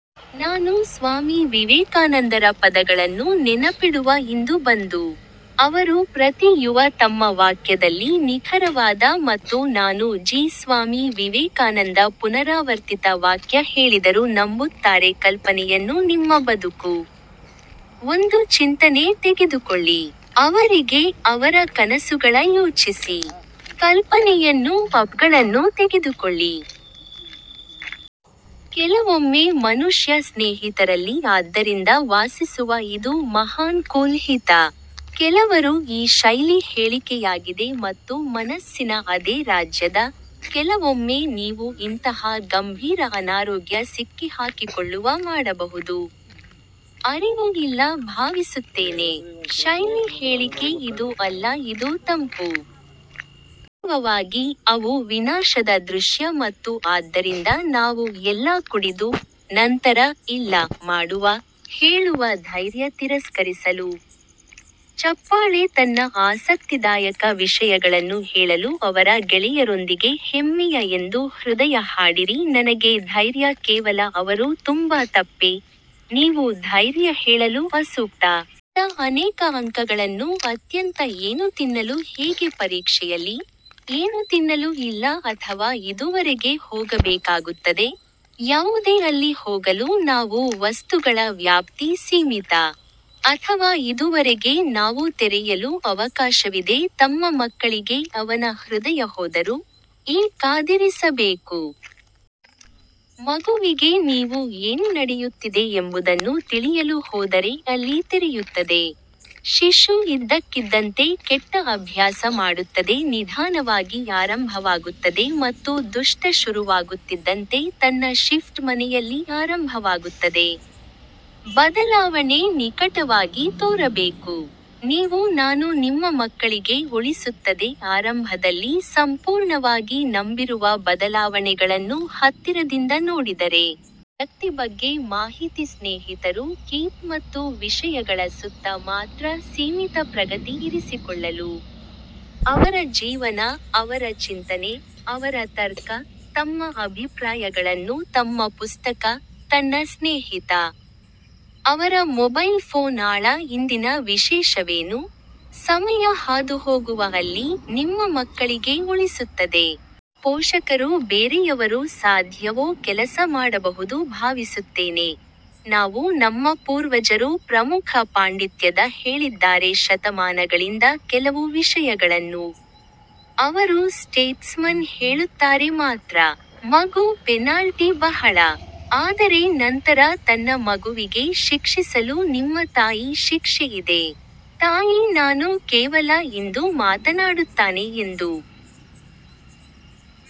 ನಾನು ಸ್ವಾಮಿ ವಿವೇಕಾನಂದರ ಪದಗಳನ್ನು ನೆನಪಿಡುವ ಇಂದು ಬಂದು. ಅವರು ಪ್ರತಿ ಯುವ ತಮ್ಮ ವಾಕ್ಯದಲ್ಲಿ ನಿಖರವಾದ ಮತ್ತು ನಾನು ಜಿ ಸ್ವಾಮಿ ವಿವೇಕಾನಂದ ಪುನರಾವರ್ತಿತ ವಾಕ್ಯ ಹೇಳಿದರು ನಂಬುತ್ತಾರೆ ಕಲ್ಪನೆಯನ್ನು ನಿಮ್ಮ ಬದುಕು, ಒಂದು ಚಿಂತನೆ ತೆಗೆದುಕೊಳ್ಳಿ. ಅವರಿಗೆ, ಅವರ ಕನಸುಗಳ ಯೋಚಿಸಿ. ಕಲ್ಪನೆಯನ್ನು ಅಪ್ಗಳನ್ನು ತೆಗೆದುಕೊಳ್ಳಿ. ಕೆಲವೊಮ್ಮೆ ಮನುಷ್ಯ ಸ್ನೇಹಿತರಲ್ಲಿ ಆದ್ದರಿಂದ ವಾಸಿಸುವ ಇದು ಮಹಾನ್ ಕೂಲ್ ಹಿತ. ಕೆಲವರು ಈ ಶೈಲಿ ಹೇಳಿಕೆಯಾಗಿದೆ ಮತ್ತು ಮನಸ್ಸಿನ ಅದೇ ರಾಜ್ಯದ, ಕೆಲವೊಮ್ಮೆ ನೀವು ಇಂತಹ ಗಂಭೀರ ಅನಾರೋಗ್ಯ ಸಿಕ್ಕಿಹಾಕಿಕೊಳ್ಳುವ ಮಾಡಬಹುದು, ಅರಿವು ಇಲ್ಲ ಭಾವಿಸುತ್ತೇನೆ. ಶೈಲಿ ಹೇಳಿಕೆ ಇದು ಅಲ್ಲ ಇದು ತಂಪು. ವಾಸ್ತವವಾಗಿ, ಅವು ವಿನಾಶದ ದೃಶ್ಯ ಮತ್ತು ಆದ್ದರಿಂದ ನಾವು ಎಲ್ಲಾ ಕುಡಿದು, ನಂತರ 'ಇಲ್ಲ', ಮಾಡುವ, ಹೇಳುವ ಧೈರ್ಯ ತಿರಸ್ಕರಿಸಲು, ಚಪ್ಪಾಳೆ ತನ್ನ ಆಸಕ್ತಿದಾಯಕ ವಿಷಯಗಳನ್ನು ಹೇಳಲು ಅವರ ಗೆಳೆಯರೊಂದಿಗೆ ಹೆಮ್ಮೆಯ ಎಂದು ಹೃದಯ ಹಾಡಿರಿ ನನಗೆ ಧೈರ್ಯ ಕೇವಲ ಅವರು ತುಂಬಾ ತಪ್ಪೇ, ನೀವು ಧೈರ್ಯ ಹೇಳಲು ಅಸೂಕ್ತ. ತಂದ ಅನೇಕ ಅಂಕಗಳನ್ನು ಅತ್ಯಂತ ಏನು ತಿನ್ನಲು ಹೇಗೆ ಪರೀಕ್ಷೆಯಲ್ಲಿ? ಏನು ತಿನ್ನಲು ಇಲ್ಲ ಅಥವಾ ಇದುವರೆಗೆ ಹೋಗಬೇಕಾಗುತ್ತದೆ? ಯಾವುದೇ ಅಲ್ಲಿ ಹೋಗಲು ನಾವು ವಸ್ತುಗಳ ವ್ಯಾಪ್ತಿ ಸೀಮಿತ. ಅಥವಾ ಇದುವರೆಗೆ ನಾವು ತೆರೆಯಲು ಅವಕಾಶವಿದೆ ತಮ್ಮ ಮಕ್ಕಳಿಗೆ ಅವನ ಹೃದಯ ಹೋದರು? ಈ ಕಾದಿರಿಸಬೇಕು. ಮಗುವಿಗೆ ನೀವು ಏನು ನಡೆಯುತ್ತಿದೆ ಎಂಬುದನ್ನು ತಿಳಿಯಲು ಹೋದರೆ ಅಲ್ಲಿ ತೆರೆಯುತ್ತದೆ. ಶಿಶು ಇದ್ದಕ್ಕಿದ್ದಂತೆ ಕೆಟ್ಟ ಅಭ್ಯಾಸ ಮಾಡುತ್ತದೆ ನಿಧಾನವಾಗಿ ಆರಂಭವಾಗುತ್ತದೆ ಮತ್ತು ದುಷ್ಟ ಶುರುವಾಗುತ್ತಿದ್ದಂತೆ ತನ್ನ ಶಿಫ್ಟ್ ಮನೆಯಲ್ಲಿ ಆರಂಭವಾಗುತ್ತದೆ. ಬದಲಾವಣೆ ನಿಕಟವಾಗಿ ತೋರಬೇಕು. ನೀವು ನಾನು ನಿಮ್ಮ ಮಕ್ಕಳಿಗೆ ಉಳಿಸುತ್ತದೆ ಆರಂಭದಲ್ಲಿ ಸಂಪೂರ್ಣವಾಗಿ ನಂಬಿರುವ ಬದಲಾವಣೆಗಳನ್ನು ಹತ್ತಿರದಿಂದ ನೋಡಿದರೆ. ತನ್ನ ವ್ಯಕ್ತಿ ಬಗ್ಗೆ ಮಾಹಿತಿ ಸ್ನೇಹಿತರು ಕೀಪ್ ಮತ್ತು ವಿಷಯಗಳ ಸುತ್ತ ಮಾತ್ರ ಸೀಮಿತ ಪ್ರಗತಿ ಇರಿಸಿಕೊಳ್ಳಲು. ಅವರ ಜೀವನ, ಅವರ ಚಿಂತನೆ, ಅವರ ತರ್ಕ, ತಮ್ಮ ಅಭಿಪ್ರಾಯಗಳನ್ನು ತಮ್ಮ ಪುಸ್ತಕ, ತನ್ನ ಸ್ನೇಹಿತ, ಅವರ ಮೊಬೈಲ್ ಫೋನ್ ಆಳ ಇಂದಿನ ವಿಶೇಷವೇನು? ಸಮಯ ಹಾದುಹೋಗುವ ಅಲ್ಲಿ, ನಿಮ್ಮ ಮಕ್ಕಳಿಗೆ ಉಳಿಸುತ್ತದೆ. ನಾನು ಪೋಷಕರು ಬೇರೆಯವರು ಸಾಧ್ಯವೋ ಕೆಲಸ ಮಾಡಬಹುದು ಭಾವಿಸುತ್ತೇನೆ. ನಾವು ನಮ್ಮ ಪೂರ್ವಜರು ಪ್ರಮುಖ ಪಾಂಡಿತ್ಯದ ಹೇಳಿದ್ದಾರೆ ಶತಮಾನಗಳಿಂದ ಕೆಲವು ವಿಷಯಗಳನ್ನು. ಅವರು ಸ್ಟೇಟ್ಸ್ಮನ್ ಹೇಳುತ್ತಾರೆ ಮಾತ್ರ. ಮಗು ಪೆನಾಲ್ಟಿ ಬಹಳ. ಆದರೆ ನಂತರ ತನ್ನ ಮಗುವಿಗೆ ಶಿಕ್ಷಿಸಲು ನಿಮ್ಮ ತಾಯಿ ಶಿಕ್ಷೆ ಇದೆ. ತಾಯಿ ನಾನು ಕೇವಲ ಇಂದು ಮಾತನಾಡುತ್ತಾನೆ ಎಂದು